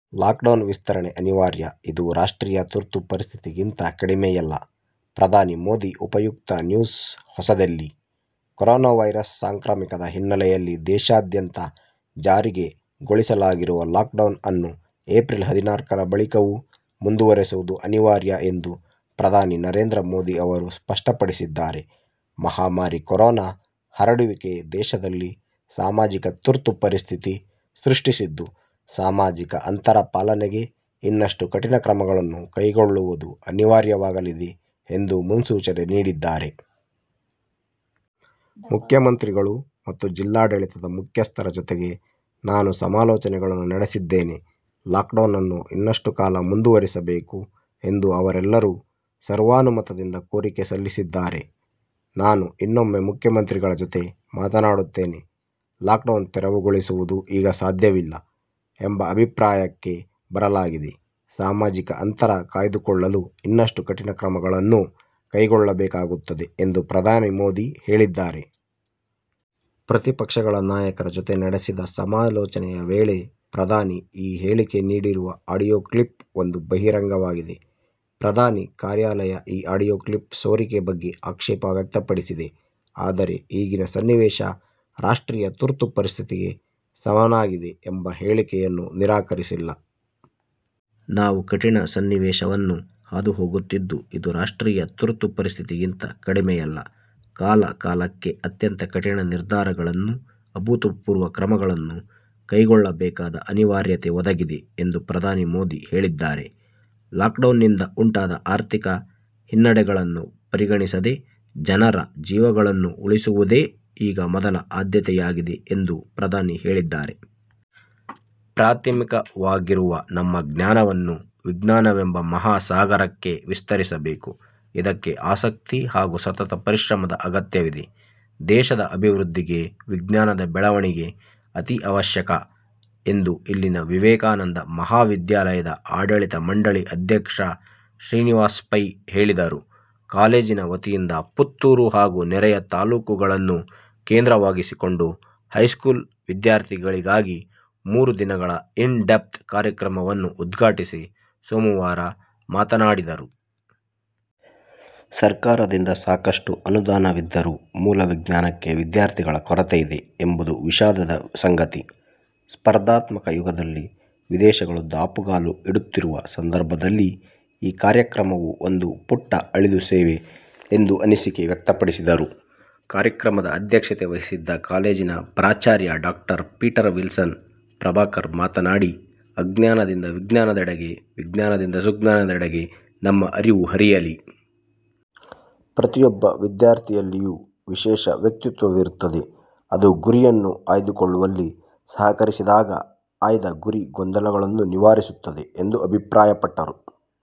Lockdown ವಿಸ್ತರಣೆ ಅನಿವಾರ್ಯ, ಇದು 'ರಾಷ್ಟ್ರೀಯ ತುರ್ತು ಪರಿಸ್ಥಿತಿ'ಗಿಂತ ಕಡಿಮೆಯಲ್ಲ: ಪ್ರಧಾನಿ ಮೋದಿ ಉಪಯುಕ್ತ ನ್ಯೂಸ್ ಹೊಸದಿಲ್ಲಿ: ಕೊರೊನಾ ವೈರಸ್ ಸಾಂಕ್ರಾಮಿಕದ ಹಿನ್ನೆಲೆಯಲ್ಲಿ ದೇಶಾದ್ಯಂತ ಜಾರಿಗೊಳಿಸಲಾಗಿರುವ ಲಾಕ್ಡೌನ್ ಅನ್ನು ಏಪ್ರಿಲ್ ಹದಿನಾಲ್ಕರ ಬಳಿಕವೂ ಮುಂದುವರಿಸುವುದು ಅನಿವಾರ್ಯ ಎಂದು ಪ್ರಧಾನಿ ನರೇಂದ್ರ ಮೋದಿ ಅವರು ಸ್ಪಷ್ಟಪಡಿಸಿದ್ದಾರೆ. ಮಹಾಮಾರಿ ಕೊರೊನಾ ಹರಡುವಿಕೆ ದೇಶದಲ್ಲಿ ಸಾಮಾಜಿಕ ತುರ್ತು ಪರಿಸ್ಥಿತಿ ಸೃಷ್ಟಿಸಿದ್ದು, ಸಾಮಾಜಿಕ ಅಂತರ ಪಾಲನೆಗೆ ಇನ್ನಷ್ಟು ಕಠಿಣ ಕ್ರಮಗಳನ್ನು ಕೈಗೊಳ್ಳುವುದು ಅನಿವಾರ್ಯವಾಗಲಿದೆ ಎಂದು ಮುನ್ಸೂಚನೆ ನೀಡಿದ್ದಾರೆ. 'ಮುಖ್ಯಮಂತ್ರಿಗಳು ಮತ್ತು ಜಿಲ್ಲಾಡಳಿತದ ಮುಖ್ಯಸ್ಥರ ಜತೆಗೆ ನಾನು ಸಮಾಲೋಚನೆಗಳನ್ನು ನಡೆಸಿದ್ದೇನೆ. ಲಾಕ್ಡೌನ್ ಅನ್ನು ಇನ್ನಷ್ಟು ಕಾಲ ಮುಂದುವರಿಸಬೇಕು ಎಂದು ಅವರೆಲ್ಲರೂ ಸರ್ವಾನುಮತದಿಂದ ಕೋರಿಕೆ ಸಲ್ಲಿಸಿದ್ದಾರೆ. ನಾನು ಇನ್ನೊಮ್ಮೆ ಮುಖ್ಯಮಂತ್ರಿಗಳ ಜತೆ ಮಾತನಾಡುತ್ತೇನೆ. ಲಾಕ್ ಡೌನ್ ತೆರವುಗೊಳಿಸುವುದು ಈಗ ಸಾಧ್ಯವಿಲ್ಲ ಎಂಬ ಅಭಿಪ್ರಾಯಕ್ಕೆ ಬರಲಾಗಿದೆ. ಸಾಮಾಜಿಕ ಅಂತರ ಕಾಯ್ದುಕೊಳ್ಳಲು ಇನ್ನಷ್ಟು ಕಠಿಣ ಕ್ರಮಗಳನ್ನು ಕೈಗೊಳ್ಳಬೇಕಾಗುತ್ತದೆ' ಎಂದು ಪ್ರಧಾನಿ ಮೋದಿ ಹೇಳಿದ್ದಾರೆ. ಪ್ರತಿಪಕ್ಷಗಳ ನಾಯಕರ ಜತೆ ನಡೆಸಿದ ಸಮಾಲೋಚನೆಯ ವೇಳೆ ಪ್ರಧಾನಿ ಈ ಹೇಳಿಕೆ ನೀಡಿರುವ ಆಡಿಯೋ ಕ್ಲಿಪ್ ಒಂದು ಬಹಿರಂಗವಾಗಿದೆ. ಪ್ರಧಾನಿ ಕಾರ್ಯಾಲಯ ಈ ಆಡಿಯೋ ಕ್ಲಿಪ್ ಸೋರಿಕೆ ಬಗ್ಗೆ ಆಕ್ಷೇಪ ವ್ಯಕ್ತಪಡಿಸಿದೆ; ಆದರೆ ಈಗಿನ ಸನ್ನಿವೇಶ ರಾಷ್ಟ್ರೀಯ ತುರ್ತು ಪರಿಸ್ಥಿತಿಗೆ ಸಮನಾಗಿದೆ ಎಂಬ ಹೇಳಿಕೆಯನ್ನು ನಿರಾಕರಿಸಿಲ್ಲ. 'ನಾವು ಕಠಿಣ ಸನ್ನಿವೇಶವನ್ನು ಹಾದುಹೋಗುತ್ತಿದ್ದು, ಇದು ರಾಷ್ಟ್ರೀಯ ತುರ್ತು ಪರಿಸ್ಥಿತಿಗಿಂತ ಕಡಿಮೆಯಲ್ಲ. ಕಾಲ ಕಾಲಕ್ಕೆ ಅತ್ಯಂತ ಕಠಿಣ ನಿರ್ಧಾರಗಳನ್ನು, ಅಭೂತಪೂರ್ವ ಕ್ರಮಗಳನ್ನು ಕೈಗೊಳ್ಳಬೇಕಾದ ಅನಿವಾರ್ಯತೆ ಒದಗಿದೆ' ಎಂದು ಪ್ರಧಾನಿ ಮೋದಿ ಹೇಳಿದ್ದಾರೆ. ಲಾಕ್ಡೌನ್ನಿಂದ ಉಂಟಾದ ಆರ್ಥಿಕ ಹಿನ್ನಡೆಗಳನ್ನು ಪರಿಗಣಿಸದೆ, ಜನರ ಜೀವಗಳನ್ನು ಉಳಿಸುವುದೇ ಈಗ ಮೊದಲ ಆದ್ಯತೆಯಾಗಿದೆ ಎಂದು ಪ್ರಧಾನಿ ಹೇಳಿದ್ದಾರೆ. ಪ್ರಾಥಮಿಕವಾಗಿರುವ ನಮ್ಮ ಜ್ಞಾನವನ್ನು ವಿಜ್ಞಾನವೆಂಬ ಮಹಾ ಸಾಗರಕ್ಕೆ ವಿಸ್ತರಿಸಬೇಕು. ಇದಕ್ಕೆ ಆಸಕ್ತಿ ಹಾಗೂ ಸತತ ಪರಿಶ್ರಮದ ಅಗತ್ಯವಿದೆ, ದೇಶದ ಅಭಿವೃದ್ಧಿಗೆ ವಿಜ್ಞಾನದ ಬೆಳವಣಿಗೆ ಅತೀ ಅವಶ್ಯಕ ಎಂದು ಇಲ್ಲಿನ ವಿವೇಕಾನಂದ ಮಹಾವಿದ್ಯಾಲಯದ ಆಡಳಿತ ಮಂಡಳಿ ಅಧ್ಯಕ್ಷ ಶ್ರೀನಿವಾಸ್ ಪೈ ಹೇಳಿದರು. ಕಾಲೇಜಿನ ವತಿಯಿಂದ ಪುತ್ತೂರು ಹಾಗೂ ನೆರೆಯ ತಾಲೂಕುಗಳನ್ನು ಕೇಂದ್ರವಾಗಿಸಿಕೊಂಡು ಹೈಸ್ಕೂಲ್ ವಿದ್ಯಾರ್ಥಿಗಳಿಗಾಗಿ ಮೂರು ದಿನಗಳ ಇನ್ ಡೆಪ್ತ್ ಕಾರ್ಯಕ್ರಮವನ್ನು ಉದ್ಘಾಟಿಸಿ ಸೋಮವಾರ ಮಾತನಾಡಿದರು. ಸರ್ಕಾರದಿಂದ ಸಾಕಷ್ಟು ಅನುದಾನವಿದ್ದರೂ ಮೂಲ ವಿಜ್ಞಾನಕ್ಕೆ ವಿದ್ಯಾರ್ಥಿಗಳ ಕೊರತೆಯಿದೆ ಎಂಬುವುದು ವಿಷಾದದ ಸಂಗತಿ. ಸ್ಪರ್ಧಾತ್ಮಕ ಯುಗದಲ್ಲಿ ವಿದೇಶಗಳು ದಾಪುಗಾಲು ಇಡುತ್ತಿರುವ ಸಂದರ್ಭದಲ್ಲಿ ಈ ಕಾರ್ಯಕ್ರಮವು ಒಂದು ಪುಟ್ಟ ಅಳಿಲು ಸೇವೆ ಎಂದು ಅನಿಸಿಕೆ ವ್ಯಕ್ತಪಡಿಸಿದರು. ಕಾರ್ಯಕ್ರಮದ ಅಧ್ಯಕ್ಷತೆ ವಹಿಸಿದ್ದ ಕಾಲೇಜಿನ ಪ್ರಾಚಾರ್ಯ ಡಾ. ಪೀಟರ್ ವಿಲ್ಸನ್ ಪ್ರಭಾಕರ್ ಮಾತನಾಡಿ, ಅಜ್ಞಾನದಿಂದ ವಿಜ್ಞಾನದೆಡೆಗೆ, ವಿಜ್ಞಾನದಿಂದ ಸುಜ್ಞಾನದೆಡೆಗೆ ನಮ್ಮ ಅರಿವು ಹರಿಯಲಿ. ಪ್ರತಿಯೊಬ್ಬ ವಿದ್ಯಾರ್ಥಿಯಲ್ಲಿಯೂ ವಿಶೇಷ ವ್ಯಕ್ತಿತ್ವವಿರುತ್ತದೆ. ಅದು ಗುರಿಯನ್ನು ಆಯ್ದುಕೊಳ್ಳುವಲ್ಲಿ ಸಹಕರಿಸಿದಾಗ ಆಯ್ದ ಗುರಿ ಗೊಂದಲಗಳನ್ನು ನಿವಾರಿಸುತ್ತದೆ ಎಂದು ಅಭಿಪ್ರಾಯಪಟ್ಟರು.